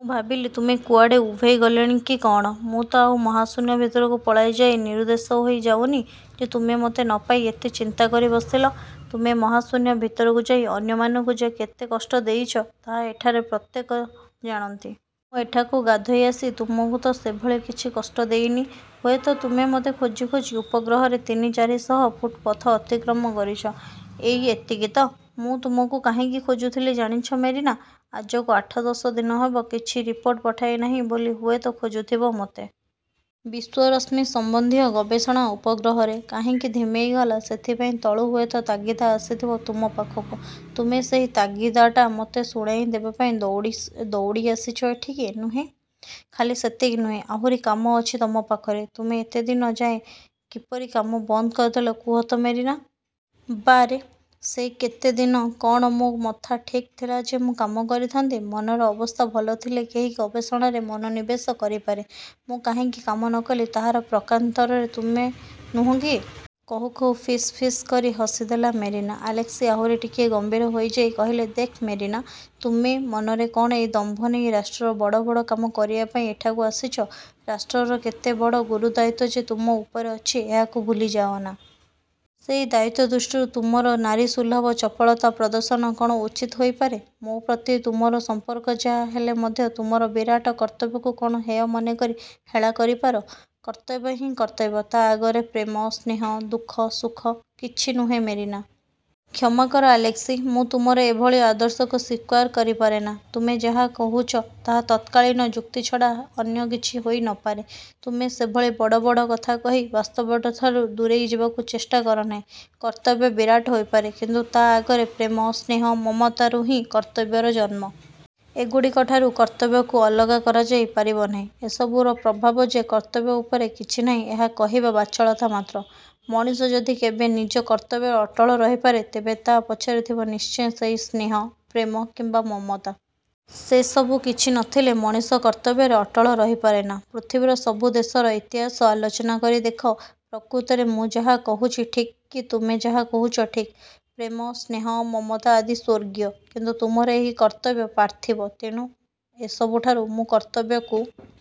ମୁଁ ଭାବିଲି ତୁମେ କୁଆଡ଼େ ଉଭେଇଗଲଣି କି କଅଣ? '' ''ମୁଁ ତ ଆଉ ମହାଶୂନ୍ୟ ଭିତରକୁ ପଳାଇଯାଇ ନିରୁଦ୍ଦେଶ ହୋଇ ଯାଉନି ଯେ ତୁମେ ମୋତେ ନପାଇ ଏତେ ଚିନ୍ତା କରି ବସିଲ। ତୁମେ ମହାଶୂନ୍ୟ ଭିତରକୁ ଯାଇ ଅନ୍ୟମାନଙ୍କୁ ଯେ କେତେ କଷ୍ଟ ଦେଇଛ, ତାହା ଏଠାରେ ପ୍ରତ୍ୟେକେ ଜାଣନ୍ତି। ମୁଁ ଏଠାକୁ ଗାଧୋଇ ଆସି ତୁମକୁ ତ ସେଭଳି କିଛି କଷ୍ଟ ଦେଇନି। ହୁଏତ ତୁମେ ମୋତେ ଖୋଜି ଖୋଜି ଉପଗ୍ରହରେ ତିନି ଚାରିଶହ ଫୁଟ ପଥ ଅତିକ୍ରମ କରିଛ? ଏଇ, ଏତିକି ତ? ''ମୁଁ ତୁମକୁ କାହିଁକି ଖୋଜୁଥିଲି ଜାଣିଛ ମେରିନା? '' ''ଆଜକୁ ଆଠ ଦଶ ଦିନ ହେବ, କିଛି ରିପୋର୍ଟ ପଠାଇ ନାହିଁ ବୋଲି ହୁଏତ ଖୋଜୁଥିବ ମୋତେ। ବିଶ୍ୱରଶ୍ମି ସମ୍ବନ୍ଧୀୟ ଗବେଷଣା ଉପଗ୍ରହରେ। କାହିଁକି ଧିମେଇଗଲା, ସେଥିପାଇଁ ତଳୁ ହୁଏତ ତାଗିଦା ଆସିଥିବ ତୁମ ପାଖକୁ। ତୁମେ ସେହି ତାଗିଦ୍ଟା ମୋତେ ଶୁଣାଇ ଦେବାପାଇଁ ଦୌଡ଼ିଆସିଛ ଏଠିକି। ନୁହେଁ? '' ''ଖାଲି ସେତିକି ନୁହେଁ, ଆହୁରି କାମ ଅଛି ତମ ପାଖରେ। ତୁମେ ଏତେ ଦିନ ଯାଏଁ କିପରି କାମ ବନ୍ଦ କରିଦେଲ କୁହ ତ ମେରିନା? '' ''ବାଃ ରେ, ସେଇ କେତେ ଦିନ କ'ଣ ମୋ ମଥା ଠିକ୍ ଥିଲା ଯେ ମୁଁ କାମ କରିଥାନ୍ତି। ମନର ଅବସ୍ଥା ଭଲ ଥିଲେ କେହି ଗବେଷଣାରେ ମନୋନିବେଶ କରିପାରେ? ମୁଁ କାହିଁକି କାମ ନ କଲି ତାହାର ପ୍ରକାରାନ୍ତରେ ତୁମେ ନୁହଁ କି? '' କହୁ କହୁ ଫିସ୍ ଫିସ୍ କରି ହସିଦେଲା ମେରିନା? ଆଲେସ୍କି ଆହୁରି ଟିକିଏ ଗମ୍ଭୀର ହୋଇଯାଇ କହିଲେ, ''ଦେଖ ମେରିନା, ତୁମେ ମନରେ କ'ଣ ଏଇ ଦମ୍ଭ ନେଇ ରାଷ୍ଟ୍ରର ବଡ଼ ବଡ଼ କାମ କରିବା ପାଇଁ ଏଠାକୁ ଆସିଛ? ରାଷ୍ଟ୍ରର କେତେ ବଡ଼ ଗୁରୁଦାୟିତ୍ୱ ଯେ ତୁମ ଉପରେ ଅଛି, ଏହାକୁ ଭୁଲିଯାଅନା। ସେଇ ଦାୟିତ୍ୱ ଦୃଷ୍ଟିରୁ ତୁମର ନାରୀସୁଲଭ ଚପଳତା ପ୍ରଦର୍ଶନ କ'ଣ ଉଚିତ ହୋଇପାରେ? ମୋ ପ୍ରତି ତୁମର ସମ୍ପର୍କ ଯା' ହେଲେ ମଧ୍ୟ ତୁମର ବିରାଟ କର୍ତ୍ତବ୍ୟକୁ କ'ଣ ହେୟ ମନେକରି ହେଳା କରିପାର? କର୍ତ୍ତବ୍ୟ ହିଁ କର୍ତ୍ତବ୍ୟ; ତା' ଆଗରେ ପ୍ରେମ, ସ୍ନେହ, ଦୁଃଖ, ସୁଖ କିଛି ନୁହେଁ ମେରିନା! '' ''କ୍ଷମାକର ଆଲେସ୍କି, ମୁଁ ତୁମର ଏଭଳି ଆଦର୍ଶକୁ ସ୍ୱୀକାର କରିପାରେନା। ତୁମେ ଯାହା କହୁଛ, ତାହା ତର୍କକାଳୀନ ଯୁକ୍ତି ଛଡ଼ା ଅନ୍ୟ କିଛି ହୋଇ ନ ପାରେ। ତୁମେ ସେଭଳି ବଡ଼ ବଡ଼ କଥା କହି ବାସ୍ତବତାଠାରୁ ଦୂରେଇ ଯିବାକୁ ଚେଷ୍ଟା କରନାହିଁ। କର୍ତ୍ତବ୍ୟ ବିରାଟ ହୋଇପାରେ; କିନ୍ତୁ ତା' ଆଗରେ ପ୍ରେମ, ସ୍ନେହ, ମମତାରୁହିଁ କର୍ତ୍ତବ୍ୟର ଜନ୍ମ। ଏଗୁଡ଼ିକଠାରୁ କର୍ତ୍ତବ୍ୟକୁ ଅଲଗା କରାଯାଇ ପାରିବ ନାହିଁ। ଏସବୁର ପ୍ରଭାବ ଯେ କର୍ତ୍ତବ୍ୟ ଉପରେ କିଛି ନାହିଁ, ଏହା କହିବା ବାଚାଳତା ମାତ୍ର। ମଣିଷ ଯଦି କେବେ ନିଜ କର୍ତ୍ତବ୍ୟରେ ଅଟଳ ରହିପାରେ, ତେବେ ତା' ପଛରେ ଥିବ ନିଶ୍ଚୟ ସେଇ ସ୍ନେହ, ପ୍ରେମ କିମ୍ବା ମମତା। ସେସବୁ କିଛି ନଥିଲେ ମଣିଷ କର୍ତ୍ତବ୍ୟରେ ଅଟଳ ରହିପାରେନା। ପୃଥିବୀର ସବୁ ଦେଶର ଇତିହାସ ଆଲୋଚନା କରି ଦେଖ, ପ୍ରକୃତରେ ମୁଁ ଯାହା କହୁଛି ଠିକ୍, କି ତୁମେ ଯାହା କହୁଛ ଠିକ୍। ପ୍ରେମ, ସ୍ନେହ, ମମତା ଆଦି ସ୍ୱର୍ଗୀୟ; କିନ୍ତୁ ତୁମର ଏହି କର୍ତ୍ତବ୍ୟ ପାର୍ଥିବ। ତେଣୁ ଏସବୁଠାରୁ ମୁଁ କର୍ତ୍ତବ୍ୟକୁ